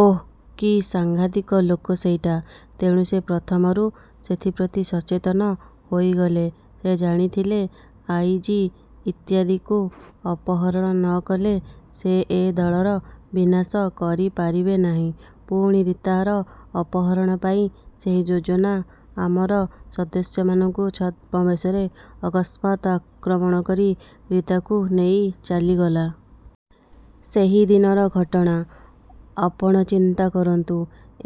ଓଃ, କି ସାଙ୍ଘାତିକ ଲୋକ ସେଇଟା ତେଣୁ ସେ ପ୍ରଥମରୁ ସେଥିପ୍ରତି ସଚେତନ ହୋଇଗଲେ। ସେ ଜାଣିଥିଲେ, ଆଇ. ଜି. ଇତ୍ୟାଦିଙ୍କୁ ଅପହରଣ ନ କଲେ ସେ ଏ ଦଳର ବିନାଶ କରିପାରିବେ ନାହିଁ। ପୁଣି ରୀତାର ଅପହରଣ ପାଇଁ ସେହି ଯୋଜନା ଆମର ସଦସ୍ୟମାନଙ୍କୁ ଛଦ୍ମବେଶରେ ଅକସ୍ମାତ୍ ଆକ୍ରମଣ କରି ରୀତାକୁ ନେଇ ଚାଲିଗଲା। ସେହି ଦିନର ଘଟଣା ଆପଣ ଚିନ୍ତା କରନ୍ତୁ।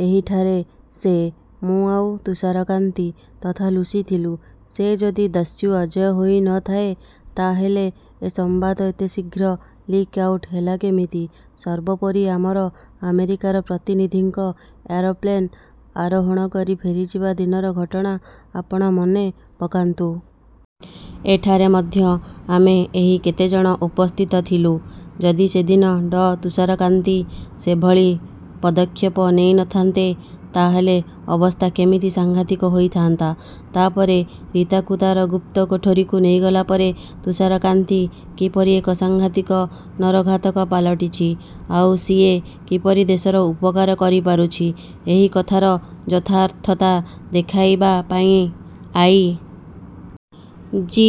ଏହିଠାରେ ସେ, ମୁଁ ଆଉ ତୁଷାରକାନ୍ତି ତଥା ଲୁସି ଥିଲୁ। ସେ ଯଦି ଦସ୍ୟୁ ଅଜୟ ହୋଇ ନ ଥାଏ, ତା ହେଲେ ଏ ସମ୍ବାଦ ଏତେ ଶୀଘ୍ର ଲିକ୍ ଆଉଟ୍ ହେଲା କେମିତି? ସର୍ବୋପରି ଆମର ଆମେରିକାର ପ୍ରତିନିଧିଙ୍କ ଏରୋପ୍ଲେନ୍ ଆରୋହଣ କରି ଫେରିଯିବା ଦିନର ଘଟଣା ଆପଣ ମନେ ପକାନ୍ତୁ। ଏଠାରେ ମଧ୍ୟ ଆମେ ଏହି କେତେ ଜଣ ଉପସ୍ଥିତ ଥିଲୁ। ଯଦି ସେଦିନ ଡ: ତୁଷାରକାନ୍ତି ସେଭଳି ପଦକ୍ଷେପ ନେଇ ନ ଥାନ୍ତେ, ତା ହେଲେ ଅବସ୍ଥା କେମିତି ସାଙ୍ଘାତିକ ହୋଇଥାନ୍ତା? ତା ପରେ ରୀତାକୁ ତାର ଗୁପ୍ତ କୋଠରିକୁ ନେଇଗଲା ପରେ ତୁଷାରକାନ୍ତି କିପରି ଏକ ସାଙ୍ଘାତିକ ନରଘାତକ ପାଲଟିଛି, ଆଉ ସିଏ କିପରି ଦେଶର ଉପକାର କରି ପାରୁଛି, ଏହି କଥାର ଯଥାର୍ଥତା ଦେଖାଇବା ପାଇଁ ଆଇ. ଜି.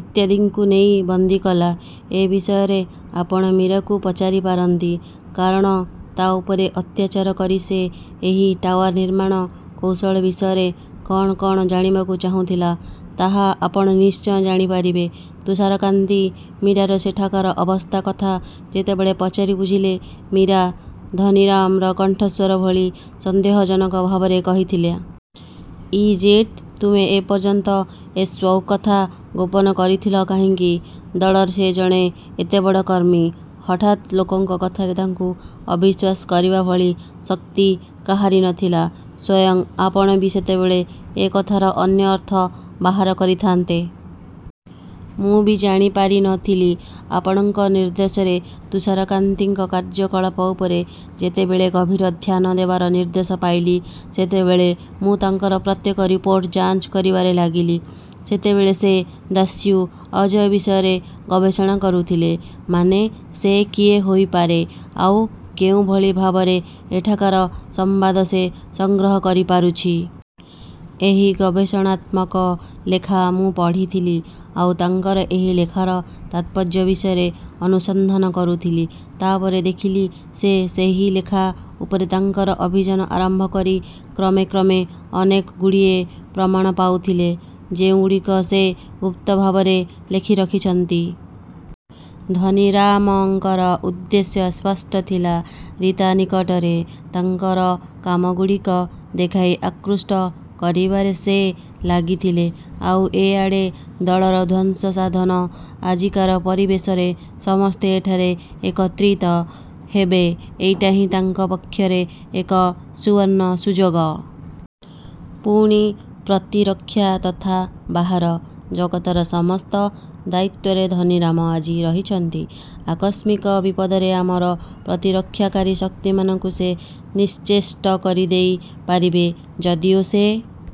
ଇତ୍ୟାଦିଙ୍କୁ ନେଇ ବନ୍ଦୀ କଲା। ଏ ବିଷୟରେ ଆପଣ ମୀରାକୁ ପଚାରି ପାରନ୍ତି। କାରଣ ତା ଉପରେ ଅତ୍ୟାଚାର କରି ସେ ଏହି ଟାୱାର ନିର୍ମାଣ କୌଶଳ ବିଷୟରେ କଣ କଣ ଜାଣିବାକୁ ଚାହୁଁଥିଲା, ତାହା ଆପଣ ନିଶ୍ଚୟ ଜାଣିପାରିବେ। ତୁଷାରକାନ୍ତି ମୀରାର ସେଠାକାର ଅବସ୍ଥା କଥା ଯେତେବେଳେ ପଚାରି ବୁଝିଲେ, ମୀରା ଧନୀରାମ ର କଣ୍ଠସ୍ୱର ଭଳି ସନ୍ଦେହଜନକ ଭାବରେ କହିଥିଲା। Is it! ତୁମେ ଏ ପର୍ଯ୍ୟନ୍ତ ଏସ୍ବୁ କଥା ଗୋପନ କରିଥିଲ କାହିଁକି? ଦଳର ସେ ଜଣେ ଏତେ ବଡ଼ କର୍ମୀ। ହଠାତ୍ ଲୋକଙ୍କ କଥାରେ ତାଙ୍କୁ ଅବିଶ୍ୱାସ କରିବା ଭଳି ଶକ୍ତି କାହାରି ନ ଥିଲା। ସ୍ୱୟଂ ଆପଣ ବି ସେତେବେଳେ ଏ କଥାର ଅନ୍ୟ ଅର୍ଥ ବାହାର କରିଥାନ୍ତେ। ମୁଁ ବି ଜାଣିପାରି ନ ଥିଲି। ଆପଣଙ୍କ ନିର୍ଦ୍ଦେଶରେ ତୁଷାରକାନ୍ତିଙ୍କ କାର୍ଯ୍ୟକଳାପ ଉପରେ ଯେତେବେଳେ ଗଭୀର ଧ୍ୟାନ ଦେବାର ନିର୍ଦ୍ଦେଶ ପାଇଲି, ସେତେବେଳେ ମୁଁ ତାଙ୍କର ପ୍ରତ୍ୟେକ ରିପୋର୍ଟ ଯାଞ୍ଚ କରିବାରେ ଲାଗିଲି। ସେତେବେଳେ ସେ ଦସ୍ୟୁ ଅଜୟ ବିଷୟରେ ଗବେଷଣା କରୁଥିଲେ। ମାନେ, ସେ କିଏ ହୋଇପାରେ ଆଉ କେଉଁଭଳି ଭାବରେ ଏଠାକାର ସମ୍ବାଦ ସେ ସଂଗ୍ରହ କରି ପାରୁଛି। ଏହି ଗବେଷଣାତ୍ମକ ଲେଖା ମୁଁ ପଢ଼ିଥିଲି। ଆଉ ତାଙ୍କର ଏହି ଲେଖାର ତାତ୍ପର୍ଯ୍ୟ ବିଷୟରେ ଅନୁସନ୍ଧାନ କରୁଥିଲି। ତା ପରେ ଦେଖିଲି, ସେ ସେହି ଲେଖା ଉପରେ ତାଙ୍କର ଅଭିଯାନ ଆରମ୍ଭ କରି କ୍ରମେ କ୍ରମେ ଅନେକଗୁଡ଼ିଏ ପ୍ରମାଣ ପାଉଥିଲେ, ଯେଉଁଗୁଡ଼ିକ ସେ ଗୁପ୍ତ ଭାବରେ ଲେଖି ରଖିଛନ୍ତି। ଧନୀରାମ ଙ୍କର ଉଦ୍ଦେଶ୍ୟ ସ୍ପଷ୍ଟ ଥିଲା। ରୀତା ନିକଟରେ ତାଙ୍କର କାମଗୁଡ଼ିକ ଦେଖାଇ ଆକୃଷ୍ଟ କରିବାରେ ସେ ଲାଗିଥିଲେ। ଆଉ ଏ ଆଡ଼େ ଦଳର ଧ୍ୱଂସ ସାଧନ। ଆଜିକାର ପରିବେଶରେ ସମସ୍ତେ ଏଠାରେ ଏକତ୍ରିତ ହେବେ। ଏଇଟା ହିଁ ତାଙ୍କ ପକ୍ଷରେ ଏକ ସୁବର୍ଣ୍ଣ ସୁଯୋଗ। ପୁଣି ପ୍ରତିରକ୍ଷା ତଥା ବାହାର ଜଗତର ସମସ୍ତ ଦାୟିତ୍ୱରେ ଧନୀରାମ ଆଜି ରହିଛନ୍ତି। ଆକସ୍ମିକ ବିପଦରେ ଆମର ପ୍ରତିରକ୍ଷାକାରୀ ଶକ୍ତିମାନଙ୍କୁ ସେ ନିଶ୍ଚେଷ୍ଟ କରିଦେଇ ପାରିବେ। ଯଦିଓ ସେ